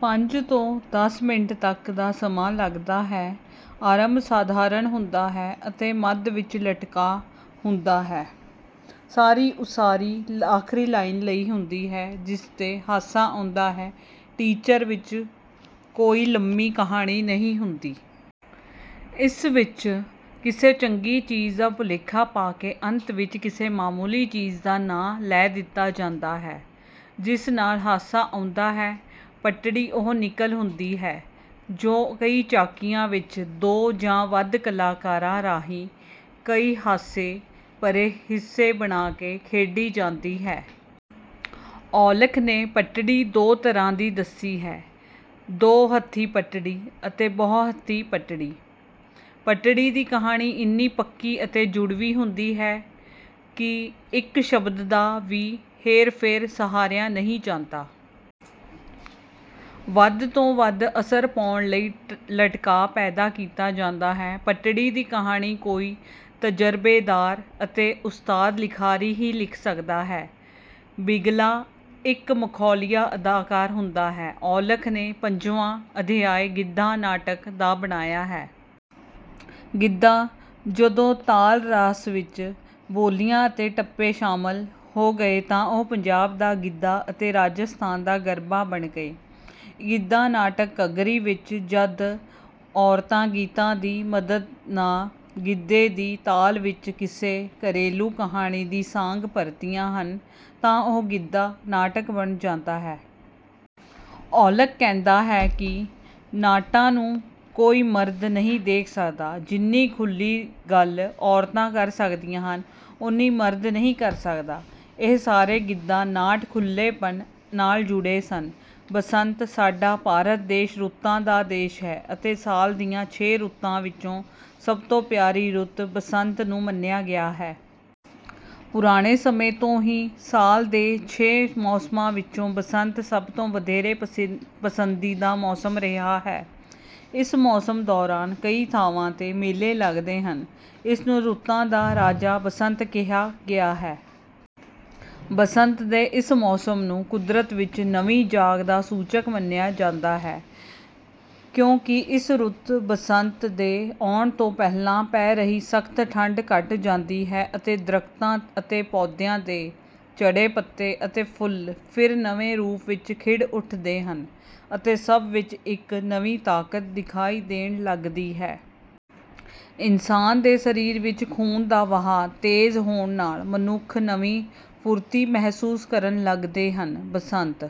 ਪੰਜ ਤੋਂ ਦੱਸ ਮਿੰਟ ਤੱਕ ਦਾ ਸਮਾਂ ਲੱਗਦਾ ਹੈ। ਆਰੰਭ ਸਾਧਾਰਨ ਹੁੰਦਾ ਹੈ ਅਤੇ ਮੱਧ ਵਿੱਚ ਲਟਕਾਅ ਹੁੰਦਾ ਹੈ। ਸਾਰੀ ਉਸਾਰੀ ਆਖਰੀ ਲਾਈਨ ਲਈ ਹੁੰਦੀ ਹੈ ਜਿਸ ਤੇ ਹਾਸਾ ਆਉਂਦਾ ਹੈ। ਟਿਚਰ ਵਿੱਚ ਕੋਈ ਲੰਮੀ ਕਹਾਣੀ ਨਹੀਂ ਹੁੰਦੀ। ਇਸ ਵਿੱਚ ਕਿਸੇ ਚੰਗੀ ਚੀਜ਼ ਦਾ ਭੁਲੇਖਾ ਪਾ ਕੇ ਅੰਤ ਵਿੱਚ ਕਿਸੇ ਮਾਮੂਲੀ ਚੀਜ਼ ਦਾ ਨਾਂ ਲੈ ਦਿੱਤਾ ਜਾਂਦਾ ਹੈ, ਜਿਸ ਨਾਲ ਹਾਸਾ ਆਉਂਦਾ ਹੈ। ਪਟੜੀ ਉਹ ਨਕਲ ਹੁੰਦੀ ਹੈ ਜੋ ਕਈ ਝਾਕੀਆਂ ਵਿੱਚ ਦੋ ਜਾਂ ਵੱਧ ਕਲਾਕਾਰਾਂ ਰਾਹੀਂ ਕਈ ਹਾਸੇ ਭਰੇ ਹਿੱਸੇ ਬਣਾ ਕੇ ਖੇਡੀ ਜਾਂਦੀ ਹੈ। ਔਲਖ ਨੇ ਪਟੜੀ ਦੋ ਤਰ੍ਹਾਂ ਦੀ ਦੱਸੀ ਹੈ। ਦੋ ਹੱਥੀ ਪਟੜੀ ਅਤੇ ਬਹੁ ਹੱਥੀ ਪਟੜੀ। ਪਟੜੀ ਦੀ ਕਹਾਣੀ ਇੰਨੀ ਪੱਕੀ ਅਤੇ ਜੁੜਵੀਂ ਹੁੰਦੀ ਹੈ ਕਿ ਇੱਕ ਸ਼ਬਦ ਦਾ ਵੀ ਹੇਰ-ਫੇਰ ਸਹਾਰਿਆ ਨਹੀਂ ਜਾਂਦਾ। ਵੱਧ ਤੋਂ ਵੱਧ ਅਸਰ ਪਾਉਣ ਲਈ ਲਟਕਾਅ ਪੈਦਾ ਕੀਤਾ ਜਾਂਦਾ ਹੈ। ਪਟੜੀ ਦੀ ਕਹਾਣੀ ਕੋਈ ਤਜਰਬੇਕਾਰ ਅਤੇ ਉਸਤਾਦ ਲਿਖਾਰੀ ਹੀ ਲਿਖ ਸਕਦਾ ਹੈ। ਬਿਗਲਾ ਇੱਕ ਮਖੌਲੀਆ ਅਦਾਕਾਰ ਹੁੰਦਾ ਹੈ। ਔਲਖ ਨੇ ਪੰਜਵਾਂ ਅਧਿਆਇ ਗਿੱਧਾ ਨਾਟਕ ਦਾ ਬਣਾਇਆ ਹੈ। ਗਿੱਧਾ ਜਦੋਂ ਤਾਲ ਰਾਸ ਵਿੱਚ ਬੋਲੀਆਂ ਅਤੇ ਟੱਪੇ ਸ਼ਾਮਲ ਹੋ ਗਏ ਤਾਂ ਉਹ ਪੰਜਾਬ ਦਾ ਗਿੱਧਾ ਅਤੇ ਰਾਜਸਥਾਨ ਦਾ ਗਰਭਾ ਬਣ ਗਏ। ਗਿੱਧਾ ਨਾਟਕ ਘੱਗਰੀ ਵਿੱਚ ਜਦ ਔਰਤਾਂ ਗੀਤਾਂ ਦੀ ਮਦ ਨਾਲ ਗਿੱਧੇ ਦੀ ਤਾਲ ਵਿੱਚ ਕਿਸੇ ਘਰੇਲੂ ਕਹਾਣੀ ਦਾ ਸਾਂਗ ਭਰਦੀਆਂ ਹਨ ਤਾਂ ਉਹ ਗਿੱਧਾ ਨਾਟਕ ਬਣ ਜਾਂਦਾ ਹੈ। ਔਲਖ ਕਹਿੰਦਾ ਹੈ ਕਿ ਨਾਟਾਂ ਨੂੰ ਕੋਈ ਮਰਦ ਨਹੀਂ ਦੇਖ ਸਕਦਾ। ਜਿੰਨੀ ਖੁੱਲ੍ਹੀ ਗੱਲ ਔਰਤਾਂ ਕਰ ਸਕਦੀਆਂ ਹਨ, ਓਨੀ ਮਰਦ ਨਹੀਂ ਕਰ ਸਕਦਾ। ਇਹ ਸਾਰੇ ਗਿੱਧਾ ਨਾਟ ਖੁੱਲ੍ਹੇਪਨ ਨਾਲ ਜੁੜੇ ਸਨ। ਬਸੰਤ ਸਾਡਾ ਭਾਰਤ ਦੇਸ਼ ਰੁੱਤਾਂ ਦਾ ਦੇਸ਼ ਹੈ ਅਤੇ ਸਾਲ ਦੀਆਂ ਛੇ ਰੁੱਤਾਂ ਵਿੱਚੋਂ ਸਭ ਤੋਂ ਪਿਆਰੀ ਰੁੱਤ ਬਸੰਤ ਨੂੰ ਮੰਨਿਆ ਗਿਆ ਹੈ। ਪੁਰਾਣੇ ਸਮੇਂ ਤੋਂ ਹੀ ਸਾਲ ਦੇ ਛੇ ਮੌਸਮਾਂ ਵਿੱਚੋਂ ਬਸੰਤ ਸਭ ਤੋਂ ਵਧੇਰੇ ਪਸੰਦੀਦਾ ਮੌਸਮ ਰਿਹਾ ਹੈ। ਇਸ ਮੌਸਮ ਦੌਰਾਨ ਕਈ ਥਾਵਾਂ ਤੇ ਮੇਲੇ ਲੱਗਦੇ ਹਨ। ਇਸ ਨੂੰ ਰੁੱਤਾਂ ਦਾ ਰਾਜਾ ਬਸੰਤ ਕਿਹਾ ਗਿਆ ਹੈ। ਬਸੰਤ ਦੇ ਇਸ ਮੌਸਮ ਨੂੰ ਕੁਦਰਤ ਵਿੱਚ ਨਵੀਂ ਜਾਗ ਦਾ ਸੂਚਕ ਮੰਨਿਆ ਜਾਂਦਾ ਹੈ ਕਿਉਂਕਿ ਇਸ ਰੁੱਤ ਬਸੰਤ ਦੇ ਆਉਣ ਤੋਂ ਪਹਿਲਾਂ ਪੈ ਰਹੀ ਸਖ਼ਤ ਠੰਢ ਘੱਟ ਜਾਂਦੀ ਹੈ ਅਤੇ ਦਰੱਖਤਾਂ ਅਤੇ ਪੌਦਿਆਂ ਦੇ ਝੜੇ ਪੱਤੇ ਅਤੇ ਫੁੱਲ ਫਿਰ ਨਵੇਂ ਰੂਪ ਵਿੱਚ ਖਿੜ ਉੱਠਦੇ ਹਨ ਅਤੇ ਸਭ ਵਿੱਚ ਇੱਕ ਨਵੀਂ ਤਾਕਤ ਦਿਖਾਈ ਦੇਣ ਲੱਗਦੀ ਹੈ। ਇਨਸਾਨ ਦੇ ਸਰੀਰ ਵਿੱਚ ਖੂਨ ਦਾ ਵਹਾਅ ਤੇਜ਼ ਹੋਣ ਨਾਲ ਮਨੁੱਖ ਨਵੀਂ ਫੁਰਤੀ ਮਹਿਸੂਸ ਕਰਨ ਲੱਗਦੇ ਹਨ। ਬਸੰਤ